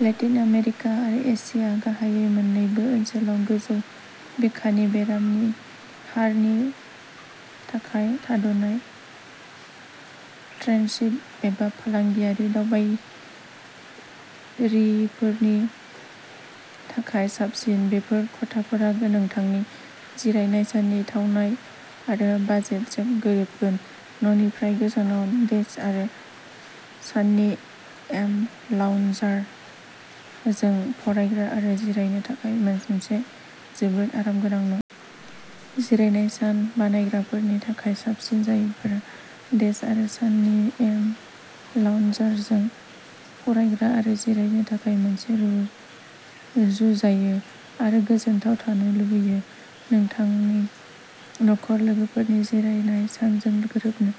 Latin America आरो Asia, गाहायै मोन्नैबो ओनसोलाव गोजौ बिखानि बेरामनि हारनि थाखाय। थाद'नाय, ट्रेन्सित एबा फालांगियारि दावबायारिफोरनि थाखाय साबसिन। बेफोर खथाफोरा नोंथांनि जिरायनाय साननि थावनाय आरो बाजेटजों गोरोबगोन न'निफ्राय गोजानाव डेस्क आरो साननि एम लाउन्जारजों फरायग्रा आरो जिरायनो थाखाय मोनसे जोबोद आरामगोनां न'। जिरायनाय सान बानायग्राफोरनि थाखाय साबसिन, जायफोरा डेस्क आरो साननि एम लाउन्जारजों फरायग्रा आरो जिरायनो थाखाय मोनसे रुजुजायै आरो गोजोनथाव थानो लुबैयो। नोंथांनि नखर लोगोफोरनि जिरायनाय सानजों गोरोबनो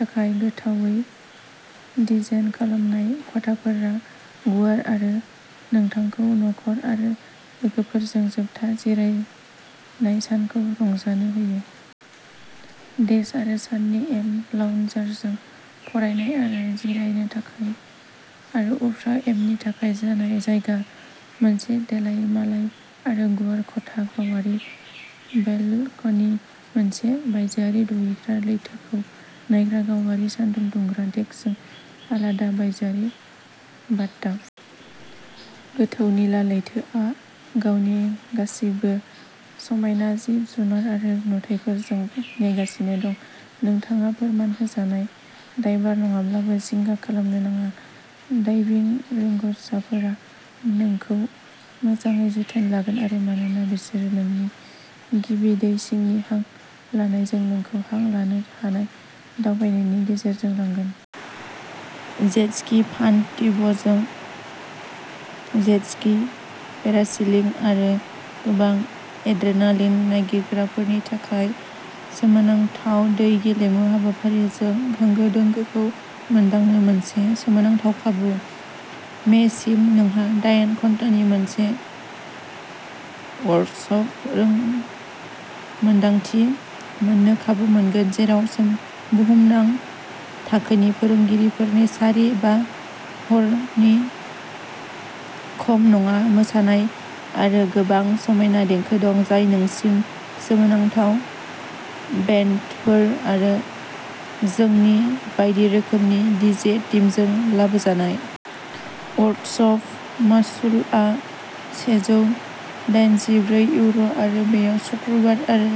थाखाय गोथावै डिजाइन खालामनाय। खथाफोरा गुवार आरो नोंथांखौ नखर आरो लोगोफोरजों जोबथा जिरायनाय सानखौ रंजानो होगोन। डेस्क आरो साननि एम लाउन्जारजों फरायनाय आरो जिरायनो थाखाय आरो उफ्रा एमनि थाखाय जायगा। मोनसे देलायमालाय आरो गुवार खथा, गावारि बेलकनि, मोनसे बायजोआरि दुगैग्रा, लैथोखौ नायग्रा गावारि सानदुं दुंग्रा डेकजों आलादा बायजोआरि बाथटाब। गोथौ निला लैथोआ गावनि गासैबो समायना जिब-जुनार आरो नुथायफोरजों नेगासिनो दं। नोंथाङा फोरमान होजानाय डायभार नङाब्लाबो जिंगा खालामनो नाङा। डाइभिं रोंग'साफोरा नोंखौ मोजाङै जोथोन लागोन मानोना बिसोरो नोंनि गिबि दै सिंनि हां लानायजों नोंखौ हां लानो हानाय दावबायनायनि गेजेरजों लांगोन। जेट स्की, फान टिउबजों जेट स्की, पेरासेलिं आरो गोबां। एड्रेनालिन नागिरग्राफोरनि थाखाय सोमोनांथाव दै गेलेमु हाबाफारिफोरजों होंगो-दोंगोखौ मोनदांनो मोनसे सोमोनांथाव खाबु। मे सिम नोंहा दायेन घन्टानि मोनसे वर्कसप रोंमोन्दांथि मोननो खाबु मोनगोन, जेराव बुहुमनां थाखोनि फोरोंगिरिफोरनि सारि, बा हरनि खम नङा मोसानाय आरो गोबां समायना देंखो दं, जाय नोंसिम सोमोनांथाव बेन्डफोर आरो जोंनि बायदि रोखोमनि डीजे टीमजों लाबोजानाय। वर्कसप मासुलआ सेजौ दायेनजिब्रै इउर' आरो बेयाव सुक्रुबार आरो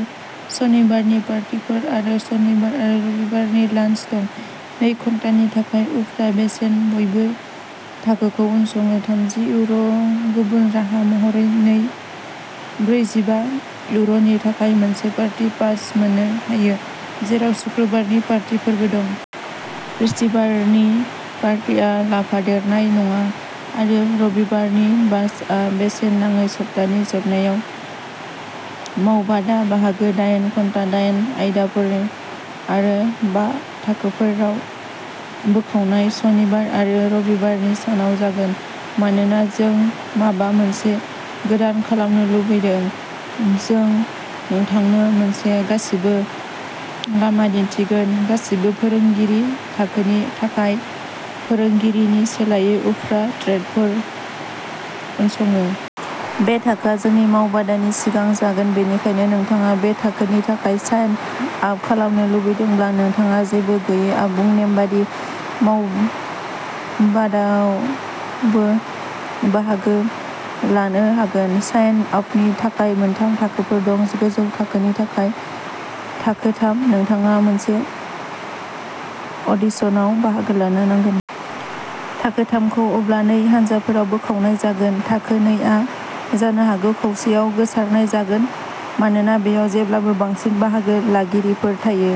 सनिबारनि पार्टीफोर आरो सनिबार आरो रबिबारनि लान्स दं। नै घन्टानि थाखाय उफ्रा बेसेन' बयबो थाखोखौ उनसङो थामजि इउर' गुबुन राहा महरै, नों ब्रैजिबा इउर'नि थाखाय मोनसे पार्टी पास मोननो हायो, जेराव सुक्रुबारनि पार्टीफोरबो दं। बृहस्पतिबारनि पार्टिआ लाफादेरनाय नङा आरो रबिबारनि बाशआ बेसेन नाङै सप्तानि जोबनायाव मावबादा बाहागो दायेन घन्टा दायेन आयदाफोर आरो बा थाखोफोराव बोखावनाय सनिबार आरो रबिबारनि सानाव जागोन। मानोना जों माबा मोनसे गोदान खालामनो लुबैदों जों नोंथांनो मोनसे गासिबो लामा दिन्थिगोन, गासैबो फोरोंगिरि थाखोनि थाखाय फोरोंगिरिनि सोलायै उफ्रा ट्रेकखौ उनसङो। बे थाखोआ जोंनि मावबादानि सिगां जागोन। बेनिखायनो नोंथाङा बे थाखोनि थाखाय साइन आप खालामनो लुबैदोंब्ला, नोंथाङा जेबो गैयै आबुं नेमबादि मावबादाावबो बाहागो लानो हागोन। साइन आपनि थाखाय मोनथाम थाखोफोर दं गोजौ थाखोनि थाखाय, थाखो थाम, नोंथाङा मोनसे अडिशनाव बाहागो लानो नांगोन। थाखो थाम खौ अब्ला नै हानजाफोराव बोखावनाय जागोन। थाखो नै आ जानो हागौ खावसेआव गोसारनाय जागोन मानोना बेयाव जेब्लाबो बांसिन बाहागो लागिरिफोर थायो।